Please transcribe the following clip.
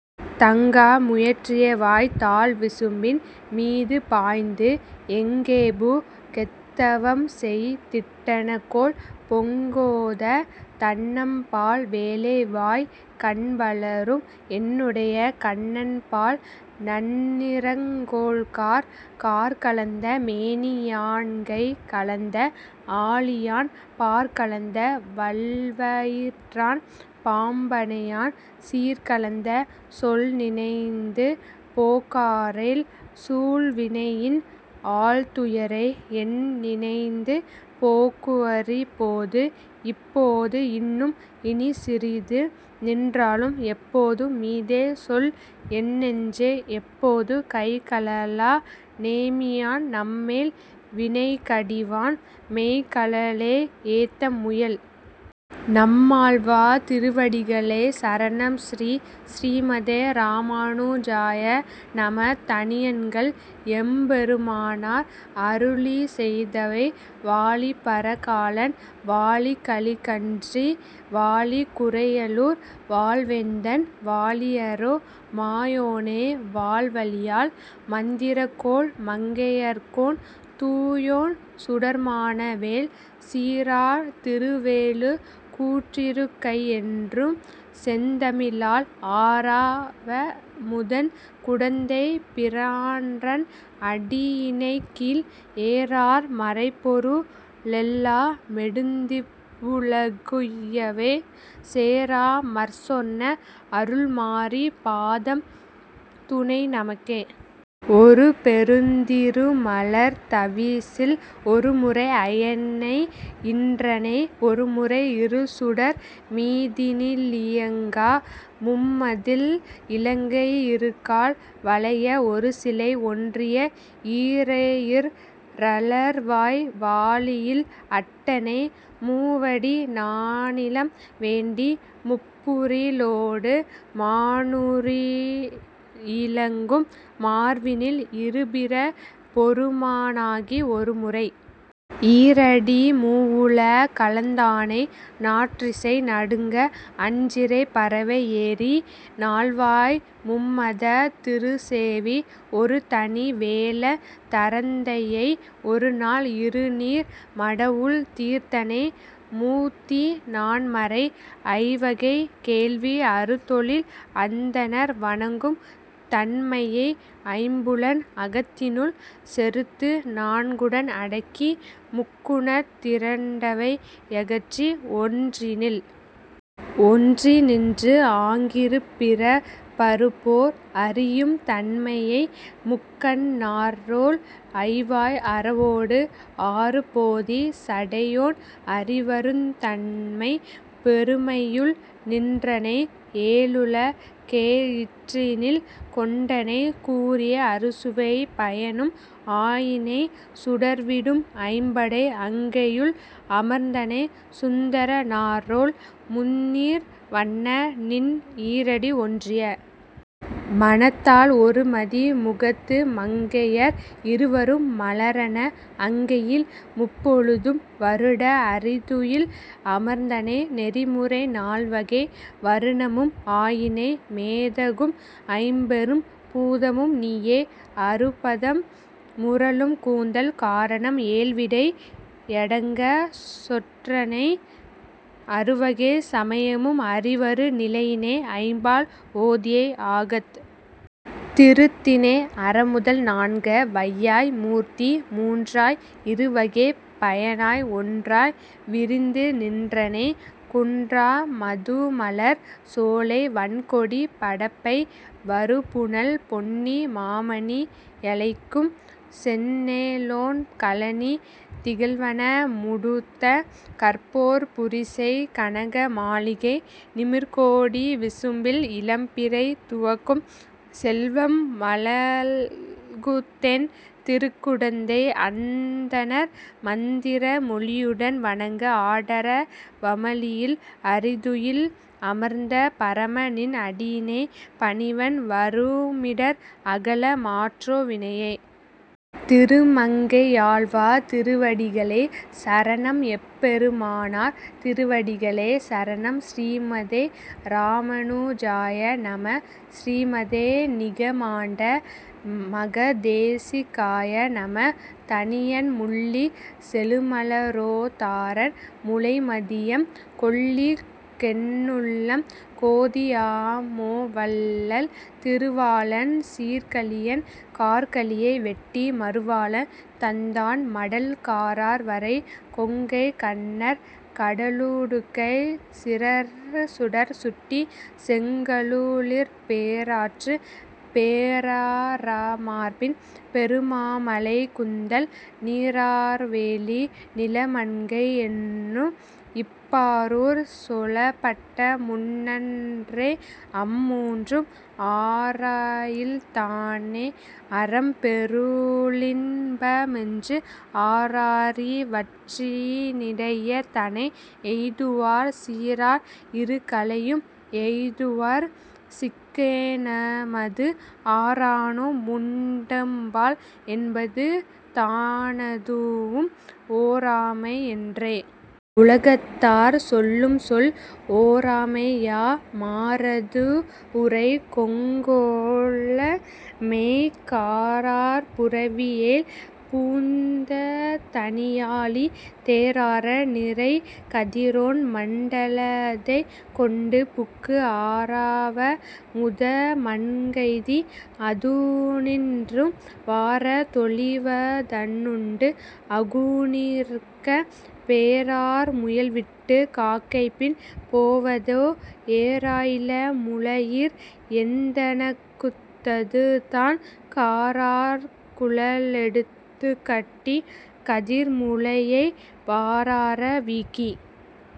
தங்கா முயற்றியவாய்த் தாழ்விசும்பின் மீதுபாய்ந்து, எங்கேபுக் கெத்தவம்செய் திட்டனகொல்,-பொங்கோதத் தண்ணம்பால் வேலைவாய்க் கண்வளரும், என்னுடைய கண்ணன்பால் நன்னிறங்கொள் கார்? கார்க்கலந்த மேனியான் கைகலந்த ஆழியான், பார்க்கலந்த வல்வயிற்றான் பாம்பணையான்,-சீர்கலந்த சொல்நினைந்து போக்காரேல் சூழ்வினையின் ஆழ்துயரை, என்நினைந்து போக்குவரிப் போது? இப்போதும் இன்னும் இனிச்சிறிது நின்றாலும் எப்போது மீதேசொல் என்னெஞ்சே--எப்போதும் கைகழலா நேமியான் நம்மேல் வினைகடிவான் மெய்கழலே ஏத்த முயல். நம்மாழ்வார் திருவடிகளே சரணம் ஸ்ரீ: ஸ்ரீமதே ராமானுஜாய நம: தனியன்கள் எம்பெருமானார் அருளிச்செய்தவை வாழிபரகாலன் வாழிகலிகன்றி, வாழி குறையலூர் வாழ்வேந்தன், வாழியரோ மாயோனை வாள்வலியால் மந்திரங்கொள் மங்கையர்கோன் தூயோன் சுடர்மான வேல். சீரார் திருவெழு கூற்றிருக் கையென்னும் செந்தமிழால், ஆரா வமுதன் குடந்தைப் பிரான்றன் அடியிணைக்கீழ், ஏரார் மறைப்பொரு ளெல்லா மெடுத்திவ் வுலகுய்யவே சேராமற் சொன்ன அருள்மாரி பாதம் துணைநமக்கே. ஒருபே ருந்தி யிருமலர்த் தவிசில், ஒருமுறை அயனை யீன்றனை, ஒருமுறை இருசுடர் மீதினி லியங்கா, மும்மதிள் இலங்கை யிருகால் வளைய, ஒருசிலை ஒன்றிய ஈரெயிற் றழல்வாய் வாளியில் அட்டனை, மூவடி நானிலம் வேண்டி, முப்புரி _லொடு மானுரி யிலங்கும். மார்வினில், இருபிறப் பொருமா ணாகி, ஒருமுறை யீரடி, மூவுல களந்தானை, நாற்றிசை நடுங்க அஞ்சிறைப் பறவை ஏறி, நால்வாய் மும்மதத் திருசெவி ஒருதனி வேழத் தரந்தையை, ஒருநாள் இருநீர் மடுவுள் தீர்த்தனை, முத்தீ நான்மறை ஐவகை வேள்வி, அறுதொழில் அந்தணர் வணங்கும் தன்மையை, ஐம்புலன் அகத்தினுள் செறுத்து, நான்குடன் அடக்கி முக்குணத் திரண்டவை யகற்றி, ஒன்றினில் ஒன்றி நின்று, ஆங் கிருபிறப் பறுப்போர் அறியும் தன்மையை, முக்கண் நாற்றோள் ஐவாய் அரவோடு ஆறுபொதி சடையோன் அறிவருந் தன்மைப் பெருமையுள் நின்றனை, ஏழுல கெயிற்றினில் கொண்டனை, கூறிய அறுசுவைப் பயனும் ஆயினை, சுடர்விடும் ஐம்படை அங்கையுள் அமர்ந்தனை, சுந்தர நாற்றோள் முந்நீர் வண்ண, நின் ஈரடி ஒன்றிய மனத்தால், ஒருமதி முகத்து மங்கையர் இருவரும் மலரன, அங்கையில் முப்பொழுதும் வருட அறிதுயில் அமர்ந்தனை, நெறிமுறை நால்வகை வருணமும் ஆயினை, மேதகும் ஐம்பெரும் பூதமும் நீயே, அறுபதம் முரலும் கூந்தல் காரணம் ஏழ்விடை யடங்கச் செற்றனை, அறுவகைச் சமயமும் அறிவரு நிலையினை, ஐம்பால் ஓதியை ஆகத் திருத்தினை, அறமுதல் நான்க வையாய் மூர்த்தி மூன்றாய் இருவகைப் பயனாய் ஒன்றாய் விரிந்து நின்றனை, குன்றா மதுமலர்ச் சோலை வண்கொடிப் படப்பை, வருபுனல் பொன்னி மாமணி யலைக்கும், செந்நெலொண் கழனித் திகழ்வன முடுத்த, கற்போர் புரிசைக் கனக மாளிகை, நிமிர்கொடி விசும்பில் இளம்பிறை துவக்கும், செல்வம் மல்குதென் திருக்குடந்தை, அந்தணர் மந்திர மொழியுடன் வணங்க, ஆடர வமளியில் அறிதுயில் அமர்ந்த பரம, நின் அடியிணை பணிவன் வருமிடர் அகல மாற்றோ வினையே. திருமங்கையாழ்வார் திருவடிகளே சரணம் எம்பெருமானார் திருவடிகளே சரணம் ஸ்ரீமதே ராமனுஜாய நம: ஸ்ரீமதே நிகமாண்ட மக தேசிகாய நம: தனியன் முள்ளிச் செழுமலரொ தாரன் முளைமதியம் கொல்லிக்கென்னுள்ளம் கொதியாமெ -- வள்ளல் திருவாளன் சீர்க்கலியன் கார்க்கலியை வெட்டி மருவாளன் தந்தான் மடல் காரார்வரை கொங்கை கண்ணர் கடலுடுக்கை சீரர்சுடர் சுட்டி செண்களுழிப்பெராற்று பெராரமார்பின் பெருமாமழைக்குந்தல் நீராரவெலி நிலமண்கையென்னும் -- இப் பாரூர் சொலப்பட்டமூன்னன்றெ -- அம்மூன்றும் ஆரயில்தானெ அரம்பொருளின்பமென்று ஆராரிவற்றினிடையதனை எய்துவார் சீரார் இருகலயும் எய்துவர் -- சிக்கெனமது ஆரானுமுண்டெம்பால் என்பதுதானதுவும் ஒராமையன்றெ? உலகதார் சொல்லும்சொல் ஒராமையாமாரதுவுரைக்கெங்கௌமெ காரார்ப்புரவியெழ் பூந்ததனியாழி தெரார் நிரைகதிரொன் மண்டலதைக்கெண்டு புக்கு ஆராவமுதமண்கய்தி -- அதுனின்றும் வாரதொழிவதன்னுண்டு -- அகுனிர்க்க யெரார்முயல்விட்டு காக்கைப்பின் பொவதெ? எராயிளமுலயீர் எந்தனக்குத்ததுதான் காரார்க்குழலெடுதுக்கட்டி -- கதிர்முலயை வாராரவீக்கி